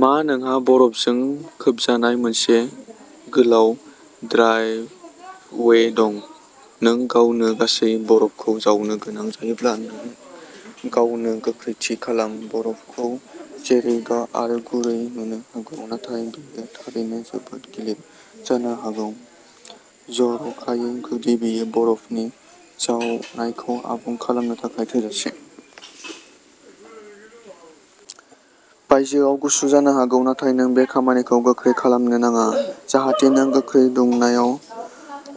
मा नोंहा बरफजों खोबजानाय मोनसे गोलाव ड्राइभवे दं? नों गावनो गासै बरफखौ जावनो गोनां जायोब्ला नों गावनो गोख्रैथि खालाम। बरफखौ रेजें आरो गुरै नुनो हागौ नाथाय बेयो थारैनो जोबोद गिलिर जानो हागौ। जर'खायै जुदि बेयो बरफनि जावनायखौ आबुं खालामनो थाखाय थोजासे। बायजोआव गुसु जानो हागौ नाथाय नों बे खामानिखौ गोख्रै खालामनो नाङा जाहाथे नों गोख्रै दुंनायाव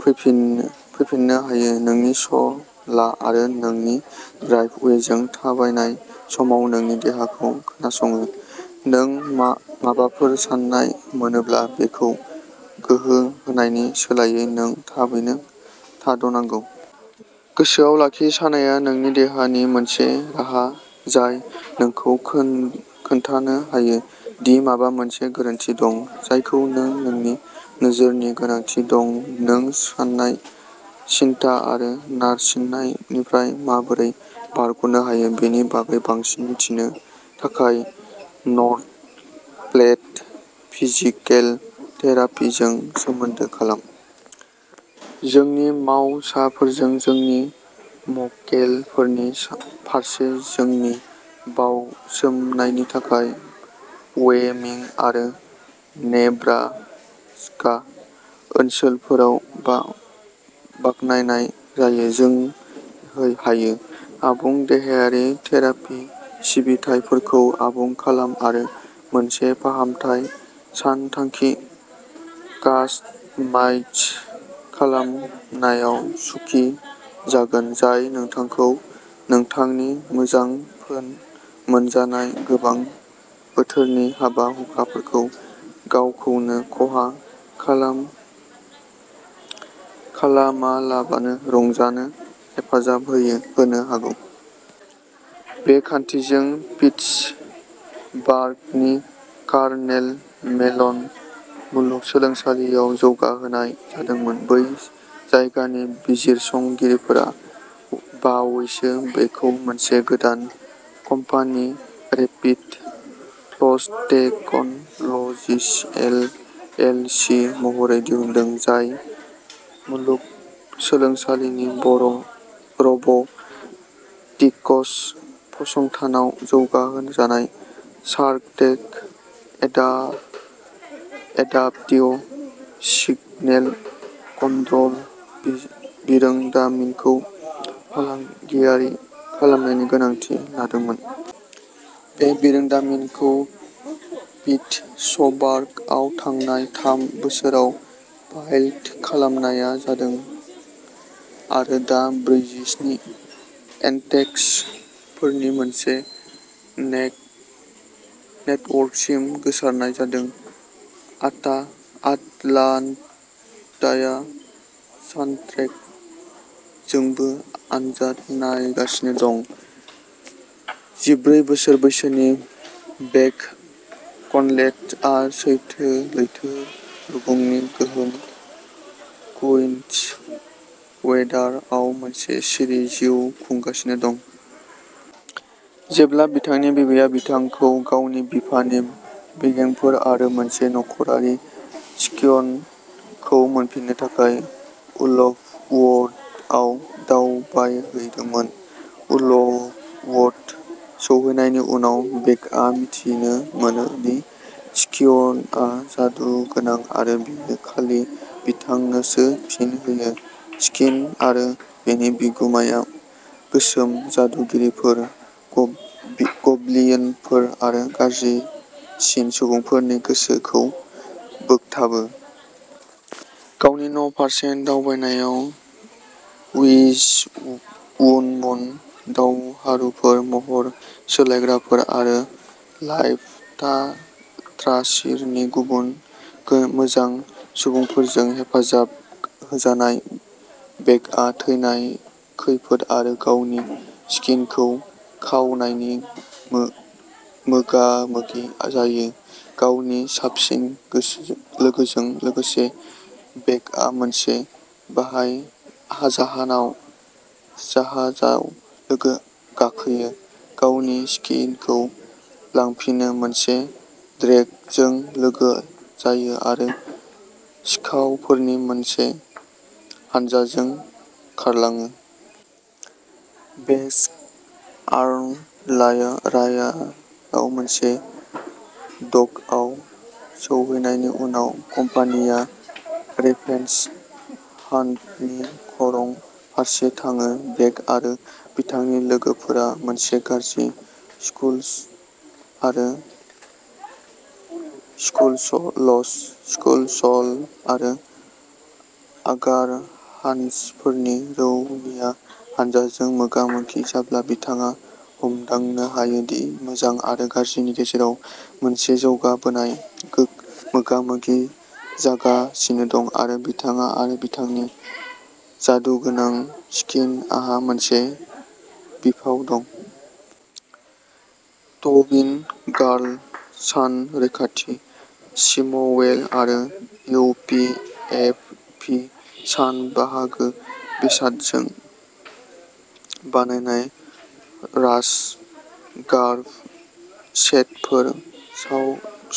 फैफिननो हायो। नोंनि सम ला आरो नोंनि ड्राइभवेजों थाबायनाय समाव नोंनि देहाखौ खोनासङो। नों माबाफोर सानाय मोनोब्ला बेखौ गोहो होनायनि सोलायै नों थाबैनो थाद'नांगौ। गोसोआव लाखि सानाया नोंनि देहानि मोनसे राहा जाय नोंखौ खोन्थानो हायो दि माबा मोनसे गोरोन्थि दं। जायखौ नोंनि नोजोरनि गोनांथि दं नों सानाय सिनथा आरो नारसिननायनिफ्राय माबोरै बारग'नो हायो बेनि बागै बांसिन मिथिनो थाखाय नर्थ प्लेट फिजिकेल थेरापिजों सोमोन्दो खालाम। जोंनि मावसाफोरखौ जोंनि मक्केलफोरनि फारसे जोंनि बाउसोमनायनि थाखाय व'य'मिं आरो नेब्रास्का ओनसोलफोराव बाखनायनाय जायो। जों हायो। आबुं देहायारि थेरापि सिबिथाइफोरखौ आबुं खालाम आरो मोनसे फाहामथाय सानथांखि कास्टमाइज खालामनायाव खुसि जागोन जाय नोंथांखौ नोंथांनि मोजां मोनजानाय गोजां बोथोरनि हाबा-हुखाफोरखौ गावखौनो खहा खालामालाबानो रंजानो हेफाजाब होनो हागौ। बे खान्थिखौ पिटसबार्गनि कारनेगि मेलन मुलुगसोलोंसालियाव जौगाहोनाय जादोंमोन। बै जायगानि बिजिरसंगिरिफोरा बावैसो बेखौ मोनसे गोदान company rapid flow technologies L. L. C. महरै दिहुनदों। जाय मुलुगसोलोंसालिनि रब'टिक्स फसंथानाव जौगाहोजानाय सारट्रेक एडाप्टिव सिगनेल कन्ट्र'ल बिरोंदामिनखौ फालांगियारि खालामनायनि थांखि लादोंमोन। बे बिरोंदामिनखौ पिटसबार्गआव थांनाय थाम बोसोराव पाइलट खालामनाय जादों आरो दा ब्रैजिस्नि इन्टेक्सनफोरनि मोनसे नेटवर्कसिम गोसारनाय जादों। आटलान्टाया सार्ट्रेकजोंबो आनजाद नायगासिनो दं। जिब्रै बोसोर बैसोनि बेक कनलेथआ लैथो रुगुंनि सोहोर कुइन'ज वेदारआव मोनसे सिरि जिउ खुंगासिनो दं। जेब्ला बिथांनि बिबैया बिथांखौ गावनि बिफानि बेगेंफोर आरो मोनसे नख'रारि स्कियन खौ मोनफिननो थाखाय उल्फवुडआव दावबायहैदोंमोन। उल्फवुड सौहैनायनि उनाव बेकआ मिथिनो मोनो दि स्कियनआ जादुगोनां आरो बेयो खालि बिथांनोसो फिन होयो स्कीन आरो बेनि बिगुमाया गोसोम जादुगिरिफोर गब्लिनफोर आरो गाज्रिसिन सुबुंफोरनि गोसोखौ बोगथाबो। गावनि न'फारसे दावबायनायाव विजवुमन दावहारुफोर महर सोलायग्राफोर आरो लाइफथ्रासिरनि गुबुन मोजां सुबुंफोरजों हेफाजाब होजानाय बेकआ थैनाय खैफोद आरो गावनि स्कीनखौ खावनायनि मोगामोगि जायो। गावनि साबसिन लोगोजों लोगोसे बेकआ मोनसे जाहाजाव गाखोयो। गावनि स्कीनखौ लांफिनो मोनसे ड्रेगनजों लोगो जायो आरो सिखावफोरनि मोनसे हानजाजों खारलाङो। वेस्ट आर्न'रायाव मोनसे डकआव सौहैनायनि उनाव कम्पानिया रेभेन्स हान्टनि खरं फारसे थाङो। बेक आरो बिथांनि लोगोफोरा मोनसे गाज्रि स्कुलस'ल आरो अ'गारहान्चफोरनि रौनिया हानजाजों मोगा-मोगि जाब्ला बिथाङा हमदांनो हायो दि मोजां आरो गाज्रिनि गेजेराव मोनसे जौगाबोनाय मोगा-मोगि जागासिनो दं आरो बिथाङा आरो बिथांनि जादुगोनां स्कीनहा मोनसे बिफाव दं। टविन गार्ल सान रैखाथि स्विमवेर आरो इउ. पि. एफ. भि. सान बाहागो बेसादजों बानायनाय राश गार्ड सेटफोर।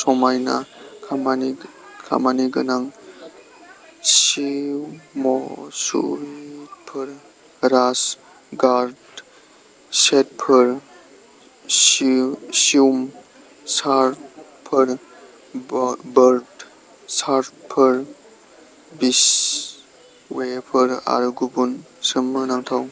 समायना खामानिगोनां स्विमसुइटफोर, राश गार्ड सेटफोर, स्विम शार्टफोर, बोर्ड शार्टफोर, बीचवेरफोर, आरो गुबुन सोमोनांथाव